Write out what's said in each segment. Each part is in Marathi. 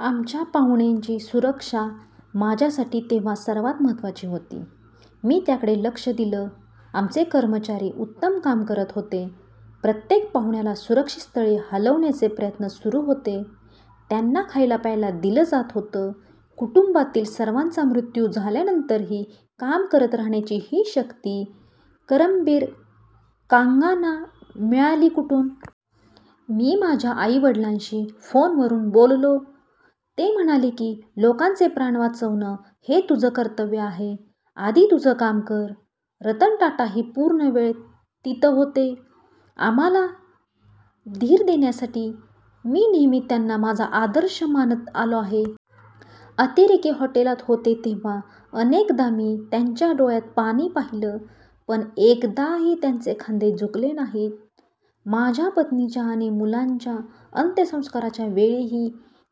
आमच्या पाहुण्यांची सुरक्षा माझ्यासाठी तेव्हा सर्वांत महत्त्वाची होती. मी त्याकडेच लक्ष दिलं. आमचे कर्मचारी उत्तम काम करत होते. प्रत्येक पाहुण्याला सुरक्षित स्थळी हलवण्याचे प्रयत्न सुरू होते. त्यांना खायलाप्यायला दिलं जात होतं. कुटुंबातील सर्वांचा मृत्यू झाल्यानंतरही काम करत राहण्याची ही शक्ती करमबीर कांगांना मिळाली कुठून? मी माझ्या आईवडिलांशी फोनवरून बोललो. ते म्हणाले की, लोकांचे प्राण वाचवणं हे तुझं कर्तव्य आहे. आधी तुझं काम कर. रतन टाटाही पूर्णवेळ तिथे होते. आम्हांला धीर देण्यासाठी. मी नेहमी त्यांना माझा आदर्श मानत आलो आहे. अतिरेकी हॉटेलात होते तेव्हा अनेकदा मी त्यांच्या डोळ्यांत पाणी पाहिलं. पण एकदाही त्यांचे खांदे झुकले नाहीत. माझ्या पत्नीच्या आणि मुलांच्या अंत्यसंस्काराच्या वेळीही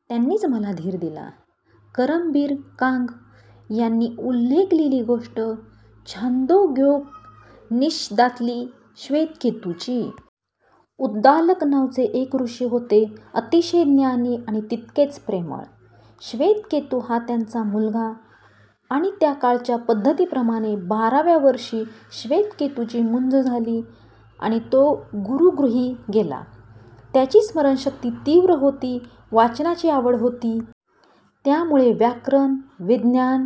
त्यांनीच मला धीर दिला. करमबीर कांग यांनी उल्लेखलेली गोष्ट छांदोग्योपनिषदातली. श्वेतकेतूची. उद्दालक नावाचे एक ऋषी होते. अतिशय ज्ञानी आणि तितकेच प्रेमळ. श्वेतकेतू हा त्यांचा मुलगा. त्या काळच्या पद्धतीप्रमाणे बाराव्या वर्षी श्वेतकेतूची मुंज झाली आणि तो गुरूगृही गेला. त्याची स्मरणशक्ती तीव्र होती. वाचनाची आवड होती. त्यामुळे व्याकरण, विज्ञान,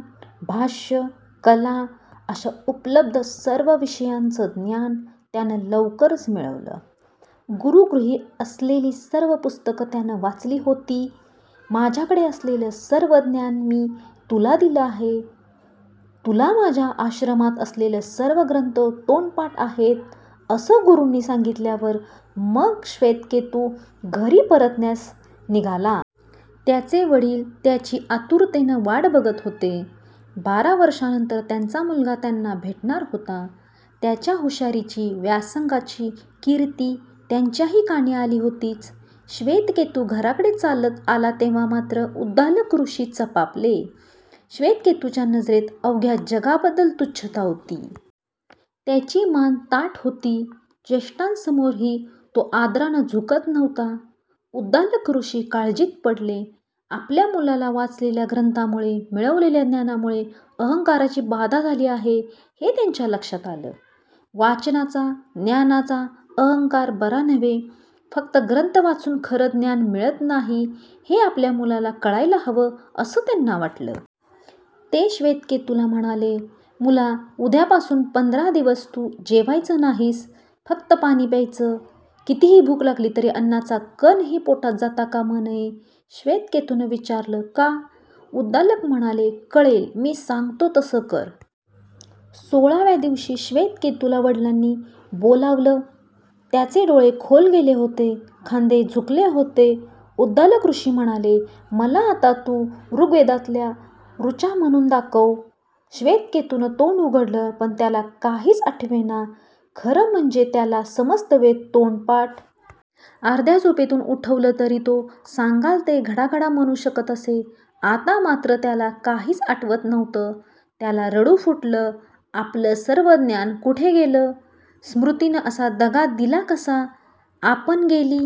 भाष्य, कला अशा उपलब्ध सर्व विषयांचं ज्ञान त्यानं लवकरच मिळवलं. गुरूगृही असलेली सर्व पुस्तकं त्यानं वाचली होती. माझ्याकडे असलेलं सर्व ज्ञान मी तुला दिलं आहे. तुला माझ्या आश्रमात असलेले सर्व ग्रंथ तोंडपाठ आहेत, असं गुरूंनी सांगितल्यावर मग श्वेतकेतू घरी परतण्यास निघाला. त्याचे वडील त्याची आतुरतेनं वाट बघत होते. बारा वर्षांनंतर त्यांचा मुलगा त्यांना भेटणार होता. त्याच्या हुशारीची, व्यासंगाची कीर्ती त्यांच्याही कानी आली होतीच. श्वेतकेतू घराकडे चालत आला तेव्हा मात्र उद्दालक ऋषी चपापले. श्वेतकेतूच्या नजरेत अवघ्या जगाबद्दल तुच्छता होती. त्याची मान ताठ होती. ज्येष्ठांसमोरही तो आदरानं झुकत नव्हता. उद्दालक ऋषी काळजीत पडले. आपल्या मुलाला वाचलेल्या ग्रंथांमुळे, मिळवलेल्या ज्ञानामुळे अहंकाराची बाधा झाली आहे, हे त्यांच्या लक्षात आलं. वाचनाचा, ज्ञानाचा अहंकार बरा नव्हे, फक्त ग्रंथ वाचून खरं ज्ञान मिळत नाही, हे आपल्या मुलाला कळायला हवं, असं त्यांना वाटलं. ते श्वेतकेतूला म्हणाले, मुला, उद्यापासून पंधरा दिवस तू जेवायचं नाहीस. फक्त पाणी प्यायचं. कितीही भूक लागली तरी अन्नाचा कणही पोटात जाता कामा नये. श्वेतकेतूनं विचारलं, का? उद्दालक म्हणाले, कळेल. मी सांगतो तसं कर. सोळाव्या दिवशी श्वेतकेतूला वडिलांनी बोलावलं. त्याचे डोळे खोल गेले होते. खांदे झुकले होते. उद्दालक ऋषी म्हणाले, मला आता तू ऋग्वेदातल्या ऋचा म्हणून दाखव. श्वेतकेतूनं तोंड उघडलं, पण त्याला काहीच आठवेना. खरं म्हणजे त्याला समस्त वेद तोंडपाठ. अर्ध्या झोपेतून उठवलं तरी तो सांगाल ते घडाघडा म्हणू शकत असे. आता मात्र त्याला काहीच आठवत नव्हतं. त्याला रडू फुटलं. आपलं सर्व ज्ञान कुठे गेलं? स्मृतीनं असा दगा दिला कसा? आपण गेली